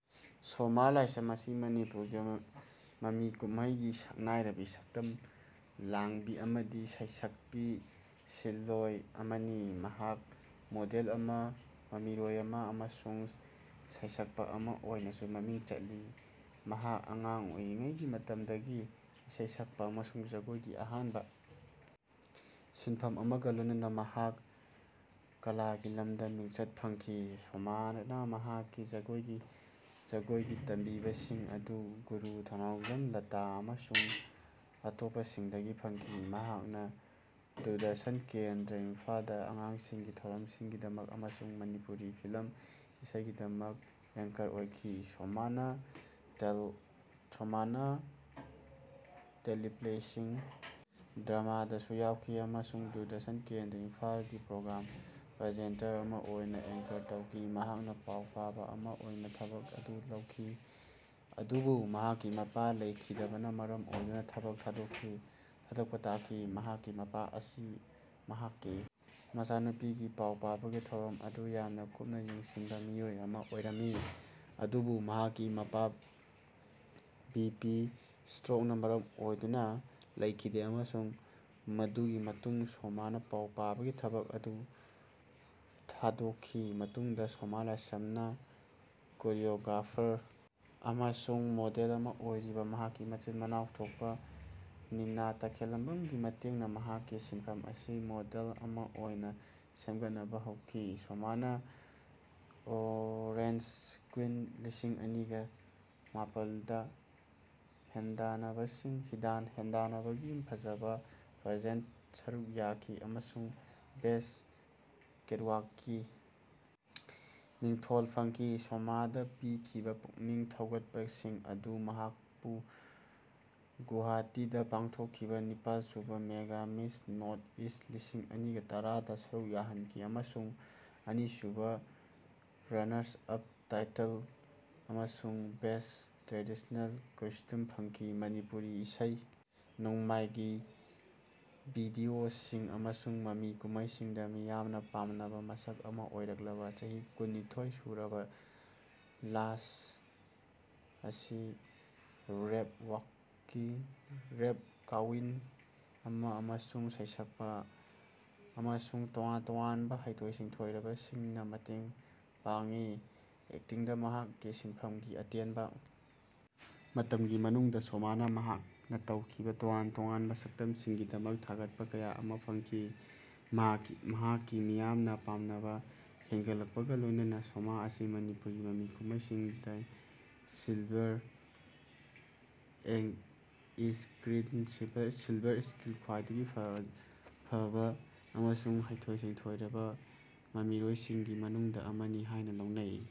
ꯁꯣꯃꯥ ꯂꯥꯢꯁ꯭ꯔꯝ ꯑꯁꯤ ꯃꯅꯤꯄꯨꯔꯒꯤ ꯃꯃꯤ ꯀꯨꯝꯃꯩꯒꯤ ꯁꯛꯅꯥꯢꯔꯕꯤ ꯁꯛꯇꯝ ꯂꯥꯡꯕꯤ ꯑꯃꯗꯤ ꯁꯩꯁꯛꯄꯤ ꯁꯤꯟꯂꯣꯢ ꯑꯃꯅꯤ꯫ ꯃꯍꯥꯛ ꯃꯣꯗꯦꯜ ꯑꯃ, ꯃꯃꯤꯔꯣꯏ ꯑꯃ ꯑꯃꯁꯨꯡ ꯁꯩꯁꯛꯄ ꯑꯃ ꯑꯣꯏꯅꯁꯨ ꯃꯃꯤꯡ ꯆꯠꯂꯤ꯫ ꯃꯍꯥꯛ ꯑꯉꯥꯡ ꯑꯣꯏꯔꯤꯉꯩꯒꯤ ꯃꯇꯝꯗꯒꯤ ꯏꯁꯩ ꯁꯛꯄ ꯑꯃꯁꯨꯡ ꯖꯒꯣꯏꯒꯤ ꯑꯍꯥꯟꯕ ꯁꯤꯟꯐꯝ ꯑꯃꯒ ꯂꯣꯏꯅꯅ ꯃꯍꯥꯛ ꯀꯂꯥꯒꯤ ꯂꯝꯗ ꯃꯤꯡꯆꯠ ꯐꯪꯈꯤ꯫ ꯁꯣꯃꯥꯅ ꯃꯍꯥꯛꯀꯤ ꯖꯒꯣꯏꯒꯤ ꯇꯝꯕꯤꯕꯁꯤꯡ ꯑꯗꯨ ꯒꯨꯔꯨ ꯊꯧꯅꯥꯎꯖꯝ ꯂꯇꯥ ꯑꯃꯁꯨꯡ ꯑꯇꯣꯞꯄꯁꯤꯡꯗꯒꯤ ꯐꯪꯈꯤ꯫ ꯃꯍꯥꯛꯅ ꯗꯨꯔꯗꯔꯁꯟ ꯀꯦꯟꯗ꯭ꯔꯥ ꯏꯝꯐꯥꯜꯗ ꯑꯉꯥꯡꯁꯤꯡꯒꯤ ꯊꯧꯔꯝꯁꯤꯡꯒꯤꯗꯃꯛ ꯑꯃꯁꯨꯡ ꯃꯅꯤꯄꯨꯔꯤ ꯐꯤꯂꯝ ꯏꯁꯩꯒꯤꯗꯃꯛ ꯑꯦꯡꯀꯔ ꯑꯣꯏꯈꯤ꯫ ꯁꯣꯃꯥꯅ ꯇꯦꯂꯤꯄ꯭ꯂꯦꯁꯤꯡ, ꯗ꯭ꯔꯃꯥꯗꯁꯨ ꯌꯥꯎꯈꯤ ꯑꯃꯁꯨꯡ ꯗꯨꯔꯗꯔꯁꯟ ꯀꯦꯟꯗ꯭ꯔꯥ ꯏꯝꯐꯥꯜꯗ ꯄ꯭ꯔꯣꯒ꯭ꯔꯥꯝ ꯄ꯭ꯔꯖꯦꯟꯇꯔ ꯑꯃ ꯑꯣꯏꯅ ꯑꯦꯡꯀꯔ ꯇꯧꯈꯤ꯫ ꯃꯍꯥꯛꯅ ꯄꯥꯎ ꯄꯥꯕ ꯑꯃ ꯑꯣꯏꯅ ꯊꯕꯛ ꯑꯗꯨ ꯂꯧꯈꯤ ꯑꯗꯨꯕꯨ ꯃꯍꯥꯛꯀꯤ ꯃꯄꯥ ꯂꯩꯈꯤꯗꯕꯅ ꯃꯔꯝ ꯑꯣꯏꯗꯨꯅ ꯊꯕꯛ ꯊꯥꯗꯣꯛꯄ ꯇꯥꯈꯤ꯫ ꯃꯍꯥꯛꯀꯤ ꯃꯄꯥ ꯑꯁꯤ ꯃꯍꯥꯛꯀꯤ ꯃꯆꯥꯅꯨꯄꯤꯒꯤ ꯄꯥꯎ ꯄꯥꯕꯒꯤ ꯊꯧꯔꯝ ꯑꯗꯨ ꯌꯥꯝꯅ ꯀꯨꯞꯅ ꯌꯦꯡꯁꯤꯟꯕ ꯃꯤꯑꯣꯏ ꯑꯃ ꯑꯣꯏꯔꯝꯃꯤ꯫ ꯑꯗꯨꯕꯨ ꯃꯍꯥꯛꯀꯤ ꯃꯄꯥ ꯕꯤ ꯄꯤ ꯁ꯭ꯇ꯭ꯔꯣꯛꯅ ꯃꯔꯝ ꯑꯣꯏꯗꯨꯅ ꯂꯩꯈꯤꯗꯦ ꯑꯃꯁꯨꯡ ꯃꯗꯨꯒꯤ ꯃꯇꯨꯡꯗ ꯁꯣꯃꯥꯅ ꯄꯥꯎ ꯄꯥꯕꯒꯤ ꯊꯕꯛ ꯑꯗꯨ ꯊꯥꯗꯣꯛꯈꯤ꯫ ꯃꯇꯨꯡꯗ ꯁꯣꯃꯥ ꯂꯥꯏꯁ꯭ꯔꯝꯅ ꯀꯣꯔꯤꯑꯣꯒ꯭ꯔꯥꯐꯔ ꯑꯃꯁꯨꯡ ꯃꯣꯗꯦꯜ ꯑꯃ ꯑꯣꯏꯔꯤꯕ ꯃꯍꯥꯛꯀꯤ ꯃꯆꯤꯟ ꯃꯅꯥꯎ ꯊꯣꯛꯄ ꯅꯤꯅ ꯇꯈꯦꯜꯂꯝꯕꯝꯒꯤ ꯃꯇꯦꯡꯅ ꯃꯍꯥꯛꯀꯤ ꯁꯤꯟꯐꯝ ꯑꯁꯤ ꯃꯣꯗꯦꯜ ꯑꯃ ꯑꯣꯏꯅ ꯁꯦꯝꯒꯠꯅꯕ ꯍꯧꯈꯤ꯫ ꯁꯣꯃꯥꯅ ꯑꯣꯔꯦꯟꯖ ꯀ꯭ꯋꯤꯟ ꯂꯤꯁꯤꯡ ꯑꯅꯤꯒ ꯃꯥꯄꯜꯗ ꯍꯦꯟꯗꯥꯟꯅꯕꯒꯤ ꯐꯖꯕꯒꯤ ꯄꯦꯖꯦꯟ꯭ꯇꯇ ꯁꯔꯨꯛ ꯌꯥꯈꯤ ꯑꯃꯁꯨꯡ 'ꯕꯦꯁ꯭ꯠ ꯀꯦꯠꯋꯥꯛ'ꯒꯤ ꯃꯤꯡꯊꯣꯜ ꯐꯪꯈꯤ꯫ ꯁꯣꯃꯥꯗ ꯄꯤꯈꯤꯕ ꯄꯨꯛꯅꯤꯡ ꯊꯧꯒꯠꯄꯁꯤꯡ ꯑꯗꯨꯅ ꯃꯍꯥꯛꯄꯨ ꯒꯨꯋꯥꯍꯥꯇꯤꯗ ꯄꯥꯡꯊꯣꯛꯈꯤꯕ ꯅꯤꯄꯥꯜ ꯁꯨꯕ ꯃꯦꯒꯥ ꯃꯤꯁ ꯅꯣꯔꯊ ꯏꯁ꯭ꯠ ꯂꯤꯁꯤꯡ ꯑꯅꯤꯒ ꯇꯔꯥꯗ ꯁꯔꯨꯛ ꯌꯥꯍꯟꯈꯤ ꯑꯃꯁꯨꯡ 'ꯑꯅꯤꯁꯨꯕ ꯔꯅꯔꯁ ꯑꯞ ꯇꯥꯏꯇꯜ' ꯑꯃꯁꯨꯡ 'ꯕꯦꯁ꯭ꯠ ꯇ꯭ꯔꯦꯗꯤꯁꯅꯦꯜ ꯀꯣꯁ꯭ꯇꯨꯝ' ꯐꯪꯈꯤ꯫ ꯃꯅꯤꯄꯨꯔꯤ ꯏꯁꯩ ꯅꯣꯡꯃꯥꯏꯒꯤ ꯚꯤꯗꯤꯑꯣꯁꯤꯡ ꯑꯃꯁꯨꯡ ꯃꯃꯤ ꯀꯨꯝꯍꯩꯁꯤꯡꯗ ꯃꯤꯌꯥꯝꯅ ꯄꯥꯝꯅꯕ ꯃꯁꯛ ꯑꯃ ꯑꯣꯏꯔꯛꯂꯕ ꯆꯍꯤ ꯀꯨꯟ - ꯅꯤꯊꯣꯏ ꯁꯨꯔꯕ ꯂꯥꯁ ꯑꯁꯤ, ꯔꯦꯝꯞ ꯀ꯭ꯋꯤꯟ ꯑꯃ ꯑꯃꯁꯨꯡ ꯁꯩꯁꯛꯄ ꯑꯃꯁꯨꯡ ꯇꯣꯉꯥꯟ ꯇꯣꯉꯥꯟꯕ ꯍꯩꯊꯣꯏ ꯁꯤꯡꯊꯣꯏꯕꯁꯤꯡꯅ ꯃꯇꯦꯡ ꯄꯥꯡꯉꯤ꯫ ꯑꯦꯛꯇꯤꯡꯗ ꯃꯍꯥꯛꯀꯤ ꯁꯤꯟꯐꯝꯒꯤ ꯑꯇꯦꯟꯕ ꯃꯇꯝꯒꯤ ꯃꯅꯨꯡꯗ ꯁꯣꯃꯥꯅ ꯃꯍꯥꯛꯅ ꯇꯧꯈꯤꯕ ꯇꯣꯉꯥꯟ ꯇꯣꯉꯥꯟꯕ ꯁꯛꯇꯝꯁꯤꯡꯒꯤꯗꯃꯛ ꯊꯥꯒꯠꯄ ꯀꯌꯥ ꯑꯃ ꯐꯪꯈꯤ꯫ ꯃꯍꯥꯛꯀꯤ ꯃꯤꯌꯥꯝꯅ ꯄꯥꯝꯅꯕ ꯍꯦꯟꯒꯠꯂꯛꯄꯒ ꯂꯣꯏꯅꯅ ꯁꯣꯃꯥ ꯑꯁꯤ ꯃꯅꯤꯄꯨꯔꯤ ꯃꯃꯤ ꯀꯨꯝꯍꯩꯁꯤꯡꯒꯤ ꯁꯤꯜꯚꯔ ꯏꯁꯀ꯭ꯔꯤꯟꯗ ꯈ꯭ꯋꯥꯏꯗꯒꯤ ꯐꯕ ꯑꯃꯁꯨꯡ ꯍꯩꯊꯣꯏ ꯁꯤꯡꯊꯣꯏꯔꯕ ꯃꯃꯤꯔꯣꯏꯁꯤꯡꯒꯤ ꯃꯅꯨꯡꯗ ꯑꯃꯅꯤ ꯍꯥꯏꯅ ꯂꯧꯅꯩ꯫